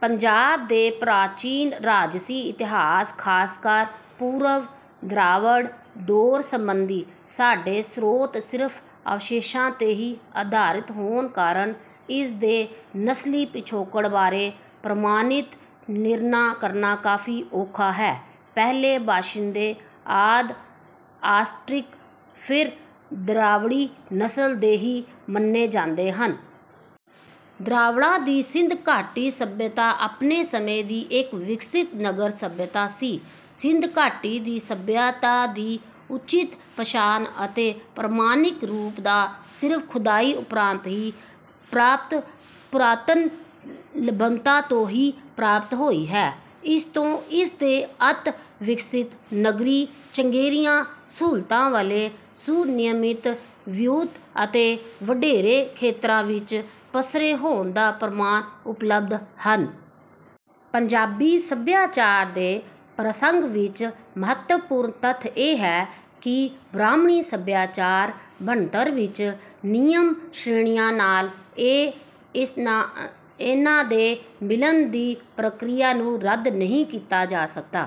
ਪੰਜਾਬ ਦੇ ਪ੍ਰਾਚੀਨ ਰਾਜਸੀ ਇਤਿਹਾਸ, ਖਾਸਕਰ ਪੂਰਵ-ਦਰਾਵੜ ਦੌਰ ਸੰਬੰਧੀ ਸਾਡੇ ਸ੍ਰੋਤ ਸਿਰਫ ਅਵਸ਼ੇਸ਼ਾਂ ਤੇ ਆਧਾਰਿਤ ਹੋਣ ਕਾਰਨ, ਇਸਦੇ ਨਸਲੀ ਪਿਛੋਕੜ ਬਾਰੇ ਪ੍ਰਮਾਣਿਕ ਨਿਰਣਾ ਕਰਨਾ ਕਾਫ਼ੀ ਔਖਾ ਹੈ। ਪਹਿਲੇ ਬਾਸ਼ਿੰਦੇ ਆਦਿ, ਆਸਟਰਿਕ, ਫਿਰ ਦਰਾਵੜੀ ਨਸਲ ਦੇ ਹੀ ਮੰਨੇ ਜਾਂਦੇ ਹਨ। ਦਰਾਵੜਾਂ ਦੀ ਸਿੰਧ ਘਾਟੀ ਸਭਿਅਤਾ ਆਪਣੇ ਸਮੇਂ ਦੀ ਇੱਕ ਵਿਕਸਿਤ ਨਗਰ ਸਭਿਅਤਾ ਸੀ। ਸਿੰਧ ਘਾਟੀ ਦੀ ਸਭਿਅਤਾ ਦੀ ਉਚਿਤ ਪਛਾਣ ਅਤੇ ਪ੍ਰਮਾਣਿਕ ਰੂਪ ਦਾ ਸਿਰਫ ਖੁਦਾਈ ਉਪਰੰਤ ਪ੍ਰਾਪਤ ਪੁਰਾਤਨ ਲੱਭਤਾਂ ਤੋਂ ਹੀ ਪ੍ਰਾਪਤ ਹੋਈ ਹੈ, ਇਸਤੋਂ ਇਸਦੇ ਅਤਿ-ਵਿਕਸਿਤ ਨਗਰੀ, ਚੰਗੇਰੀਆਂ ਸਹੂਲਤਾਂ ਵਾਲੇ, ਸੁਨਿਯਮਿਤ ਵਿਉਂਤ ਅਤੇ ਵਡੇਰੇ ਖੇਤਰਾਂ ਵਿੱਚ ਪਸਰੇ ਹੋਣ ਦੇ ਪ੍ਰਮਾਣ ਉਪਲਬਧ ਹਨ। ਪੰਜਾਬੀ ਸਭਿਆਚਾਰ ਦੇ ਪ੍ਰਸੰਗ ਵਿੱਚ ਮਹੱਤਵਪੂਰਨ ਤੱਥ ਇਹ ਹੈ ਕਿ ਬ੍ਰਾਹਮਣੀ ਸਭਿਆਚਾਰ ਬਣਤਰ ਵਿੱਚ ਨਿਯਮ ਸ਼੍ਰੇਣੀਆਂ ਨਾਲ ਇਹਨਾਂ ਦੇ ਮਿਲਣ ਦੀ ਪ੍ਰਕਿਰਿਆ ਨੂੰ ਰੱਦ ਨਹੀਂ ਕੀਤਾ ਜਾ ਸਕਦਾ,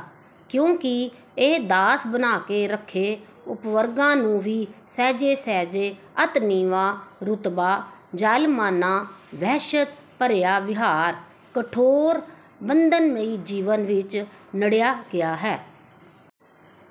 ਕਿਉਂਕਿ ਇਹ ਦਾਸ ਬਣਾ ਕੇ ਰੱਖੇ ਉਪਵਰਗਾਂ ਨੂੰ ਹੀ ਸਹਿਜੇ-ਸਹਿਜੇ ਅਤਿ ਨੀਵਾਂ ਰੁਤਬਾ, ਜ਼ਾਲਮਾਨਾ ਵਹਿਸ਼ਤ ਭਰਿਆ ਵਿਹਾਰ, ਕਠੋਰ ਬੰਧਨਮਈ ਜੀਵਨ ਵਿੱਚ ਨਰੜਿਆ ਗਿਆ ਹੈ।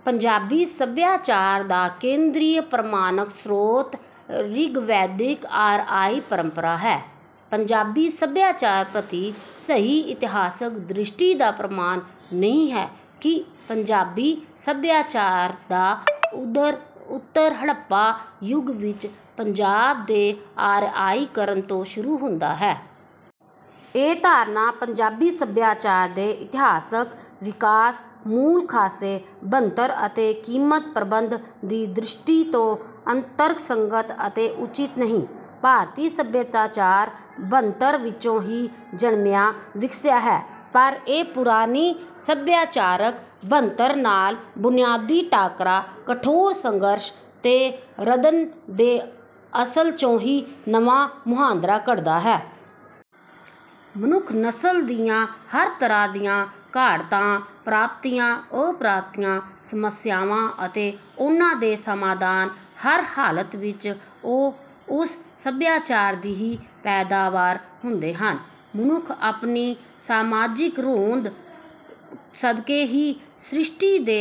ਪੰਜਾਬੀ ਸਭਿਆਚਾਰ ਦਾ ਕੇਂਦਰੀ ਪ੍ਰਮਾਣਿਕ ਸਰੋਤ ਰਿਗਵੈਦਿਕ ਆਰਿਆਈ ਪਰੰਪਰਾ ਹੈ। ਪੰਜਾਬੀ ਸਭਿਆਚਾਰ ਪ੍ਰਤੀ ਸਹੀ ਇਤਿਹਾਸਕ ਦ੍ਰਿਸ਼ਟੀ ਦਾ ਪ੍ਰਮਾਣ ਨਹੀਂ ਹੈ ਕਿ ਪੰਜਾਬੀ ਸਭਿਆਚਾਰ ਦਾ ਉਦਰ ਉੱਤਰ-ਹੜੱਪਾ ਯੁਗ ਵਿੱਚ ਪੰਜਾਬ ਦੇ ਆਰਿਆਈਕਰਣ ਤੋਂ ਸ਼ੁਰੂ ਹੁੰਦਾ। ਇਹ ਧਾਰਨਾ ਪੰਜਾਬੀ ਸਭਿਆਚਾਰ ਦੇ ਇਤਿਹਾਸਕ ਵਿਕਾਸ, ਮੂਲ-ਖਾਸੇ, ਬਣਤਰ ਅਤੇ ਕੀਮਤ-ਪ੍ਰਬੰਧ ਦੀ ਦ੍ਰਿਸ਼ਟੀ ਤੋਂ ਅੰਤਰਸੰਗਤ ਅਤੇ ਉਚਿਤ ਨਹੀਂ। ਭਾਰਤੀ ਸਭਿਆਚਾਰ ਬਣਤਰ ਵਿੱਚੋਂ ਹੀ ਜਨਮਿਆਂ-ਵਿਕਸਿਆ ਹੈ, ਪਰ ਇਹ ਪੁਰਾਣੀ ਸਭਿਆਚਾਰਕ ਬਣਤਰ ਨਾਲ ਬੁਨਿਆਦੀ ਟਾਕਰਾ, ਕਠੋਰ ਸੰਘਰਸ਼ ਤੇ ਰੱਦਣ ਦੇ ਅਸਲ ਵਿੱਚੋਂ ਹੀ ਨਵਾਂ ਮੁਹਾਂਦਰਾ ਘੜਦਾ ਹੈ। ਮਨੁੱਖ ਨਸਲ ਦੀਆਂ ਹਰ ਤਰ੍ਹਾਂ ਦੀਆਂ ਘਾੜਤਾਂ, ਪ੍ਰਾਪਤੀਆਂ, ਅਪ੍ਰਾਪਤੀਆਂ, ਸਮੱਸਿਆਵਾਂ ਅਤੇ ਉਨ੍ਹਾਂ ਦੇ ਸਮਾਧਾਨ ਹਰ ਹਾਲਤ ਵਿੱਚ ੳਹ ਉਸ ਸਭਿਆਚਾਰ ਦੀ ਹੀ ਪੈਦਾਵਾਰ ਹੁੰਦੇ ਹਨ। ਮਨੁੱਖ ਆਪਣੀ ਸਮਾਜਿਕ ਰੋਂਦ ਸਦਕੇ ਹੀ ਸ੍ਰਿਸ਼ਟੀ ਦੇ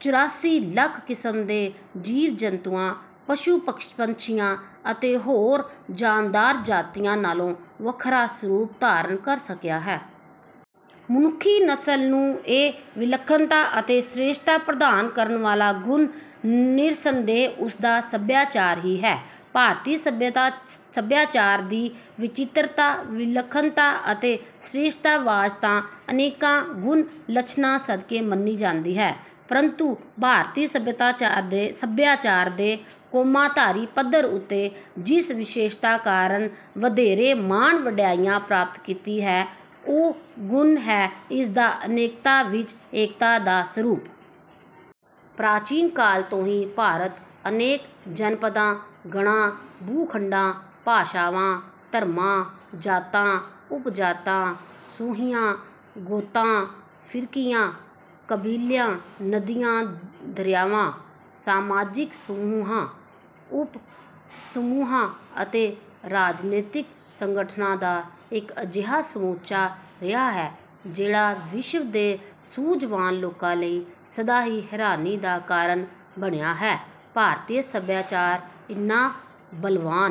ਚੁਰਾਸੀ ਲੱਖ ਕਿਸਮ ਦੇ ਜੀਵ-ਜੰਤੂਆਂ, ਪਸ਼ੂ-ਪੰਛੀਆਂ ਅਤੇ ਹੋਰ ਜਾਨਦਾਰ ਜਾਤੀਆਂ ਨਾਲੋਂ ਵੱਖਰਾ ਸਰੂਪ ਧਾਰਨ ਕਰ ਸਕਿਆ ਹੈ। ਮਨੁੱਖੀ ਨਸਲ ਨੂੰ ਇਹ 'ਵਿਲੱਖਣਤਾ' ਅਤੇ 'ਸ਼੍ਰੇਸ਼ਟਤਾ' ਪ੍ਰਦਾਨ ਕਰਨ ਵਾਲਾ ਗੁਣ ਨਿਰਸੰਦੇਹ ਉਸਦਾ ਸਭਿਆਚਾਰ ਹੀ ਹੈ। ਭਾਰਤੀ ਸਭਿਆਚਾਰ ਦੀ 'ਵਿਚਿੱਤਰਤਾ', 'ਵਿਲੱਖਣਤਾ' ਅਤੇ 'ਸ਼੍ਰੇਸ਼ਟਤਾ' ਵਾਂਜ ਤਾਂ ਅਨੇਕਾਂ ਗੁਣ-ਲੱਛਣਾਂ ਸਦਕਾ ਮੰਨੀ ਜਾਂਦੀ ਹੈ, ਪਰੰਤੂ ਭਾਰਤੀ ਸਭਿਆਚਾਰ ਨੇ ਕੌਮਾਂਤਰੀ ਪੱਧਰ ਉੱਤੇ ਜਿਸ ਵਿਸ਼ੇਸ਼ਤਾ ਕਾਰਨ ਵਧੇਰੇ ਮਾਣ-ਵਡਿਆਈ ਪ੍ਰਾਪਤ ਕੀਤੀ ਹੈ, ਉਹ ਗੁਣ ਹੈ ਇਸਦਾ 'ਅਨੇਕਤਾ' ਵਿੱਚ 'ਏਕਤਾ' ਦਾ ਸਰੂਪ। ਪ੍ਰਾਚੀਨ ਕਾਲ ਤੋਂ ਹੀ ਭਾਰਤ ਅਨੇਕ 'ਜਨਪਦਾਂ', ਗਣਾਂ, ਭੂ-ਖੰਡਾਂ, ਭਾਸ਼ਾਵਾਂ, ਧਰਮਾਂ, ਜਾਤਾਂ, ਉਪਜਾਤਾਂ, ਸੂੰਹੀਆਂ, ਗੋਤਾਂ, ਫ਼ਿਰਕਿਆਂ, ਕਬੀਲਿਆਂ, ਨਦੀਆਂ, ਦਰਿਆਵਾਂ, ਸਮਾਜਿਕ ਸਮੂਹਾਂ, ਉਪ-ਸਮੂਹਾਂ ਅਤੇ ਰਾਜਨੀਤਕ ਸੰਗਠਨਾਂ ਦਾ ਇੱਕ ਅਜਿਹਾ ਸਮੁੱਚਾ ਰਿਹਾ ਹੈ, ਜਿਹੜਾ ਵਿਸ਼ਵ ਦੇ ਸੂਝਵਾਨ ਲੋਕਾਂ ਲਈ ਸਦਾ ਹੀ ਹੈਰਾਨੀ ਦਾ ਕਾਰਨ ਬਣਿਆ ਹੈ। ਭਾਰਤੀ ਸਭਿਆਚਾਰ ਇੰਨਾ ਬਲਵਾਨ